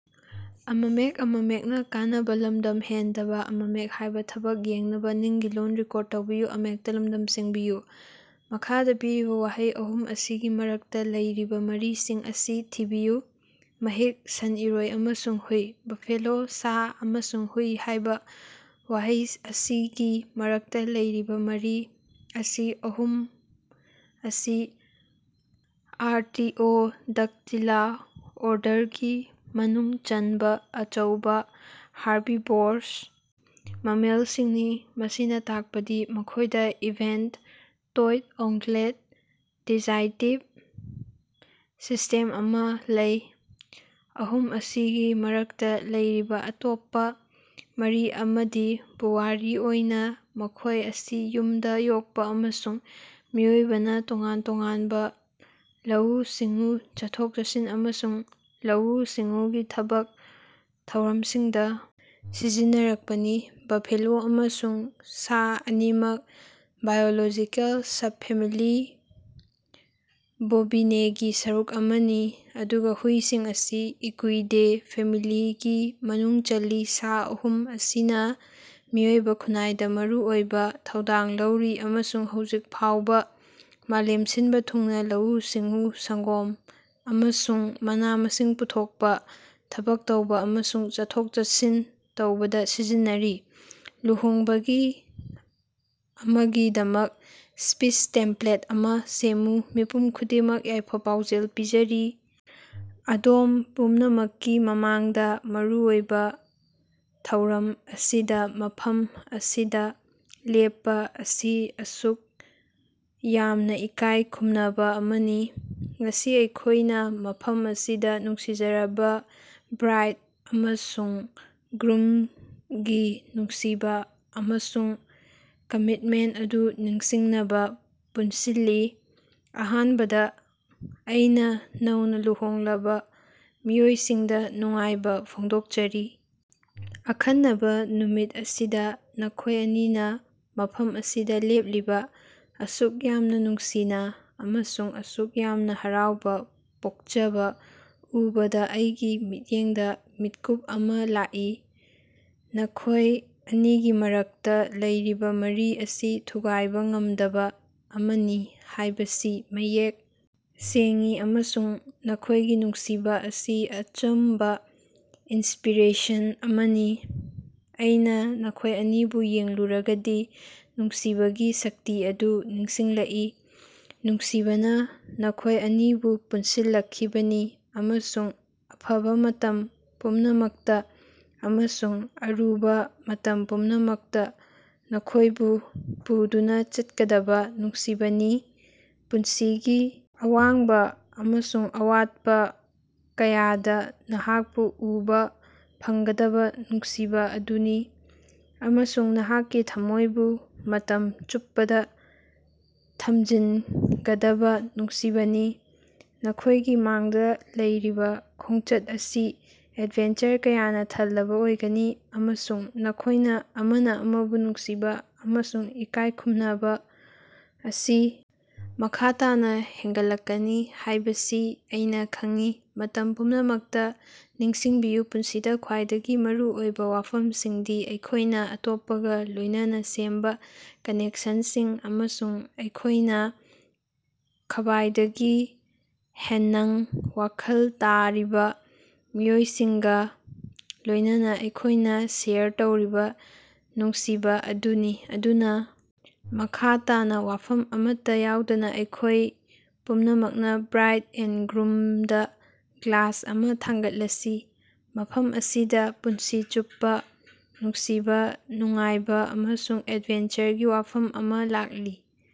ꯃꯈꯥꯗ ꯄꯤꯔꯤꯕ ꯋꯥꯍꯩ ꯑꯍꯨꯝ ꯑꯁꯤꯒꯤ ꯃꯔꯛꯇ ꯂꯩꯔꯤꯕ ꯃꯔꯤꯁꯤꯡ ꯑꯁꯤ ꯊꯤꯕꯤꯌꯨ: ꯃꯍꯤꯛ, ꯁꯟ-ꯏꯔꯣꯏ ꯑꯃꯁꯨꯡ ꯍꯨꯏ꯫ ꯕꯐꯦꯂꯣ, ꯁꯥ ꯑꯃꯁꯨꯡ ꯍꯨꯏ ꯍꯥꯏꯕ ꯋꯥꯍꯩ ꯑꯁꯤꯒꯤ ꯃꯔꯛꯇ ꯂꯩꯔꯤꯕ ꯃꯔꯤ ꯑꯁꯤ ꯑꯍꯨꯝ ꯑꯁꯤ ꯑꯥꯔꯇꯤꯑꯣꯗꯥꯛꯇꯤꯂꯥ ꯑꯣꯔꯗꯔꯒꯤ ꯃꯅꯨꯡ ꯆꯟꯕ ꯑꯆꯧꯕ ꯍꯥꯔꯕꯤꯕꯣꯔꯁ ꯃꯦꯃꯦꯜꯁꯤꯡꯅꯤ, ꯃꯁꯤꯅ ꯇꯥꯛꯄꯗꯤ ꯃꯈꯣꯏꯗ ꯏꯚꯦꯟꯇ-ꯇꯣꯏꯗ ꯎꯡꯒꯨꯂꯦꯠ ꯗꯥꯏꯖꯦꯁ꯭ꯇꯤꯕ ꯁꯤꯁ꯭ꯇꯦꯝ ꯑꯃꯥ ꯂꯩ꯫ ꯑꯍꯨꯝ ꯑꯁꯤꯒꯤ ꯃꯔꯛꯇ ꯂꯩꯔꯤꯕ ꯑꯇꯣꯞꯄ ꯃꯔꯤ ꯑꯃꯗꯤ ꯄꯨꯋꯥꯔꯤ ꯑꯣꯏꯅ ꯃꯈꯣꯏ ꯑꯁꯤ ꯌꯨꯝꯗ ꯌꯣꯛꯄ ꯑꯃꯁꯨꯡ ꯃꯤꯑꯣꯏꯕꯅ ꯇꯣꯉꯥꯟ ꯇꯣꯉꯥꯟꯕ ꯂꯧꯎ-ꯁꯤꯡꯎ, ꯆꯠꯊꯣꯛ-ꯆꯠꯁꯤꯟ ꯑꯃꯁꯨꯡ ꯂꯧꯎ-ꯁꯤꯡꯎꯒꯤ ꯊꯕꯛ ꯊꯧꯔꯝꯁꯤꯡꯗ ꯁꯤꯖꯤꯟꯅꯔꯛꯄꯅꯤ꯫ ꯕꯐꯦꯂꯣ ꯑꯃꯁꯨꯡ ꯁꯥ ꯑꯅꯤꯃꯛ ꯕꯥꯏꯑꯣꯂꯣꯖꯤꯀꯦꯜ ꯁꯕꯐꯦꯃꯤꯂꯤ ꯕꯣꯚꯤꯅꯦꯒꯤ ꯁꯔꯨꯛ ꯑꯃꯅꯤ, ꯑꯗꯨꯒ ꯍꯨꯏꯁꯤꯡ ꯑꯁꯤ ꯏꯀꯨꯏꯗꯦ ꯐꯦꯃꯤꯂꯤꯒꯤ ꯃꯅꯨꯡ ꯆꯜꯂꯤ꯫ ꯁꯥ ꯑꯍꯨꯝ ꯑꯁꯤꯅ ꯃꯤꯑꯣꯏꯕ ꯈꯨꯟꯅꯥꯏꯗ ꯃꯔꯨꯑꯣꯏꯕ ꯊꯧꯗꯥꯡ ꯂꯧꯔꯤ ꯑꯃꯁꯨꯡ ꯍꯧꯖꯤꯛ ꯐꯥꯎꯕ ꯃꯥꯂꯦꯝ ꯁꯤꯟꯕ ꯊꯨꯡꯅ ꯂꯧꯎ-ꯁꯤꯡꯎ, ꯁꯪꯒꯣꯝ ꯑꯃꯁꯨꯡ ꯃꯅꯥ-ꯃꯁꯤꯡ ꯄꯨꯊꯣꯛꯄ, ꯊꯕꯛ ꯇꯧꯕ, ꯑꯃꯁꯨꯡ ꯆꯠꯊꯣꯛ-ꯆꯠꯁꯤꯟ ꯇꯧꯕꯗ ꯁꯤꯖꯤꯟꯅꯔꯤ꯫ ꯂꯨꯍꯣꯡꯕꯒꯤ ꯑꯃꯒꯤꯗꯃꯛ ꯁ꯭ꯄꯤꯆ ꯇꯦꯃꯄ꯭ꯂꯦꯠ ꯑꯃ ꯁꯦꯝꯃꯨ꯫ ꯃꯤꯄꯨꯝ ꯈꯨꯗꯤꯡꯃꯛ ꯌꯥꯏꯐ-ꯄꯥꯎꯖꯦꯜ ꯄꯤꯖꯔꯤ! ꯑꯗꯣꯝ ꯄꯨꯝꯅꯃꯛꯀꯤ ꯃꯃꯥꯡꯗ, ꯃꯔꯨꯑꯣꯏꯕ ꯊꯧꯔꯝ ꯑꯁꯤꯗ ꯃꯐꯝ ꯑꯁꯤꯗ ꯂꯦꯞꯄ ꯑꯁꯤ ꯑꯁꯨꯛ ꯌꯥꯝꯅ ꯏꯀꯥꯏ ꯈꯨꯝꯅꯕ ꯑꯃꯅꯤ꯫ ꯉꯁꯤ ꯑꯩꯈꯣꯏꯅ ꯃꯐꯝ ꯑꯁꯤꯗ ꯅꯨꯡꯁꯤꯖꯔꯕ ꯕ꯭ꯔꯥꯏꯗ ꯑꯃꯁꯨꯡ ꯒ꯭ꯔꯨꯝ ꯒꯤ ꯅꯨꯡꯁꯤꯕ ꯑꯃꯁꯨꯡ ꯀꯃꯤꯠꯃꯦꯟꯇ ꯑꯗꯨ ꯅꯤꯡꯁꯤꯡꯅꯕ ꯄꯨꯟꯁꯤꯜꯂꯤ꯫ ꯑꯍꯥꯟꯕꯗ, ꯑꯩꯅ ꯅꯧꯅ ꯂꯨꯍꯣꯡꯂꯕ ꯃꯤꯑꯣꯏꯁꯤꯡꯗ ꯅꯨꯡꯉꯥꯏꯕ ꯐꯣꯡꯗꯣꯛꯆꯔꯤ! ꯑꯈꯟꯅꯕ ꯅꯨꯃꯤꯠ ꯑꯁꯤꯗ ꯅꯈꯣꯏ ꯑꯅꯤꯅ ꯃꯐꯝ ꯑꯁꯤꯗ ꯂꯦꯞꯂꯤꯕ, ꯑꯁꯨꯛ ꯌꯥꯝꯅ ꯅꯨꯡꯁꯤꯅ ꯑꯃꯁꯨꯡ ꯑꯁꯨꯛ ꯌꯥꯝꯅ ꯍꯔꯥꯎꯕ ꯄꯣꯛꯆꯕ ꯎꯕꯗ ꯑꯩꯒꯤ ꯃꯤꯠꯌꯦꯡꯗ ꯃꯤꯠꯀꯨꯞ ꯑꯃ ꯂꯥꯛꯏ꯫ ꯅꯈꯣꯏ ꯑꯅꯤꯒꯤ ꯃꯔꯛꯇ ꯂꯩꯔꯤꯕ ꯃꯔꯤ ꯑꯁꯤ ꯊꯨꯒꯥꯏꯕ ꯉꯝꯗꯕ ꯑꯃꯅꯤ ꯍꯥꯏꯕꯁꯤ ꯃꯌꯦꯛ ꯁꯦꯡꯏ, ꯑꯃꯁꯨꯡ ꯅꯈꯣꯏꯒꯤ ꯅꯨꯡꯁꯤꯕ ꯑꯁꯤ ꯑꯆꯨꯝꯕ ꯏꯟꯁꯄꯤꯔꯦꯁꯟ ꯑꯃꯅꯤ꯫ ꯑꯩꯅ ꯅꯈꯣꯏ ꯑꯅꯤꯕꯨ ꯌꯦꯡꯂꯨꯔꯒꯗꯤ ꯅꯨꯡꯁꯤꯕꯒꯤ ꯁꯛꯇꯤ ꯑꯗꯨ ꯅꯤꯡꯁꯤꯡꯂꯛꯏ꯫ ꯅꯨꯡꯁꯤꯕꯅ ꯅꯈꯣꯏ ꯑꯅꯤꯕꯨ ꯄꯨꯟꯁꯤꯜꯂꯛꯈꯤꯕꯅꯤ, ꯑꯃꯁꯨꯡ ꯑꯐꯕ ꯃꯇꯝ ꯄꯨꯝꯅꯃꯛꯇ, ꯑꯃꯁꯨꯡ ꯑꯔꯨꯕ ꯃꯇꯝ ꯄꯨꯝꯅꯃꯛꯇ ꯅꯈꯣꯏꯕꯨ ꯄꯨꯗꯨꯅ ꯆꯠꯀꯗꯕ ꯅꯨꯡꯁꯤꯕꯅꯤ꯫ ꯄꯨꯟꯁꯤꯒꯤ ꯑꯋꯥꯡꯕ ꯑꯃꯁꯨꯡ ꯑꯋꯥꯠꯄ ꯀꯌꯥꯗ ꯅꯍꯥꯛꯄꯨ ꯎꯕ ꯐꯪꯒꯗꯕ ꯅꯨꯡꯁꯤꯕ ꯑꯗꯨꯅꯤ, ꯑꯃꯁꯨꯡ ꯅꯍꯥꯛꯀꯤ ꯊꯝꯃꯣꯏꯕꯨ ꯃꯇꯝ ꯆꯨꯞꯄꯗ ꯊꯝꯖꯤꯟꯒꯗꯕ ꯅꯨꯡꯁꯤꯕꯅꯤ꯫ ꯅꯈꯣꯏꯒꯤ ꯃꯥꯡꯗ ꯂꯩꯔꯤꯕ ꯈꯣꯡꯆꯠ ꯑꯁꯤ ꯑꯦꯗꯚꯦꯟꯆꯔ ꯀꯌꯥꯅ ꯊꯜꯂꯕ ꯑꯣꯏꯒꯅꯤ, ꯑꯃꯁꯨꯡ ꯅꯈꯣꯏꯅ ꯑꯃꯅ ꯑꯃꯕꯨ ꯅꯨꯡꯁꯤꯕ ꯑꯃꯁꯨꯡ ꯏꯀꯥꯏꯈꯨꯝꯅꯕ ꯑꯁꯤ ꯃꯈꯥ ꯇꯥꯅ ꯍꯦꯟꯒꯠꯂꯛꯀꯅꯤ ꯍꯥꯏꯕꯁꯤ ꯑꯩꯅ ꯈꯪꯏ꯫ ꯃꯇꯝ ꯄꯨꯝꯅꯃꯛꯇ ꯅꯤꯡꯁꯤꯡꯕꯤꯌꯨ ꯄꯨꯟꯁꯤꯗ ꯈ꯭ꯋꯥꯏꯗꯒꯤ ꯃꯔꯨ ꯑꯣꯏꯕ ꯋꯥꯐꯝꯁꯤꯡꯗꯤ ꯑꯩꯈꯣꯏꯅ ꯑꯇꯣꯞꯄꯒ ꯂꯣꯏꯅꯅ ꯁꯦꯝꯕ ꯀꯅꯦꯛꯁꯟꯁꯤꯡ, ꯑꯃꯁꯨꯡ ꯑꯩꯈꯣꯏꯅ ꯈ꯭ꯕꯥꯏꯗꯒꯤ ꯍꯦꯟꯅꯥꯡ ꯋꯥꯈꯜ ꯇꯥꯔꯤꯕ ꯃꯤꯑꯣꯏꯁꯤꯡꯒ ꯂꯣꯏꯅꯅ ꯑꯩꯈꯣꯏꯅ ꯁꯦꯌꯔ ꯇꯧꯔꯤꯕ ꯅꯨꯡꯁꯤꯕ ꯑꯗꯨꯅꯤ꯫ ꯑꯗꯨꯅ, ꯃꯈꯥ ꯇꯥꯅ ꯋꯥꯐꯝ ꯑꯃꯠꯇ ꯌꯥꯎꯗꯅ ꯑꯩꯈꯣꯏ ꯄꯨꯝꯅꯃꯛꯅ ꯕ꯭ꯔꯥꯏꯗ ꯑꯦꯟꯗ ꯒ꯭ꯔꯨꯝ ꯗ ꯒ꯭ꯂꯥꯁ ꯑꯃ ꯊꯥꯡꯒꯠꯂꯁꯤ꯫ ꯃꯐꯝ ꯑꯁꯤꯗ ꯄꯨꯟꯁꯤ ꯆꯨꯞꯄ ꯅꯨꯡꯁꯤꯕ, ꯅꯨꯡꯉꯥꯏꯕ ꯑꯃꯁꯨꯡ ꯑꯦꯗꯚꯦꯟꯆꯔꯒꯤ ꯋꯥꯐꯝ ꯑꯃ ꯂꯥꯛꯂꯤ꯫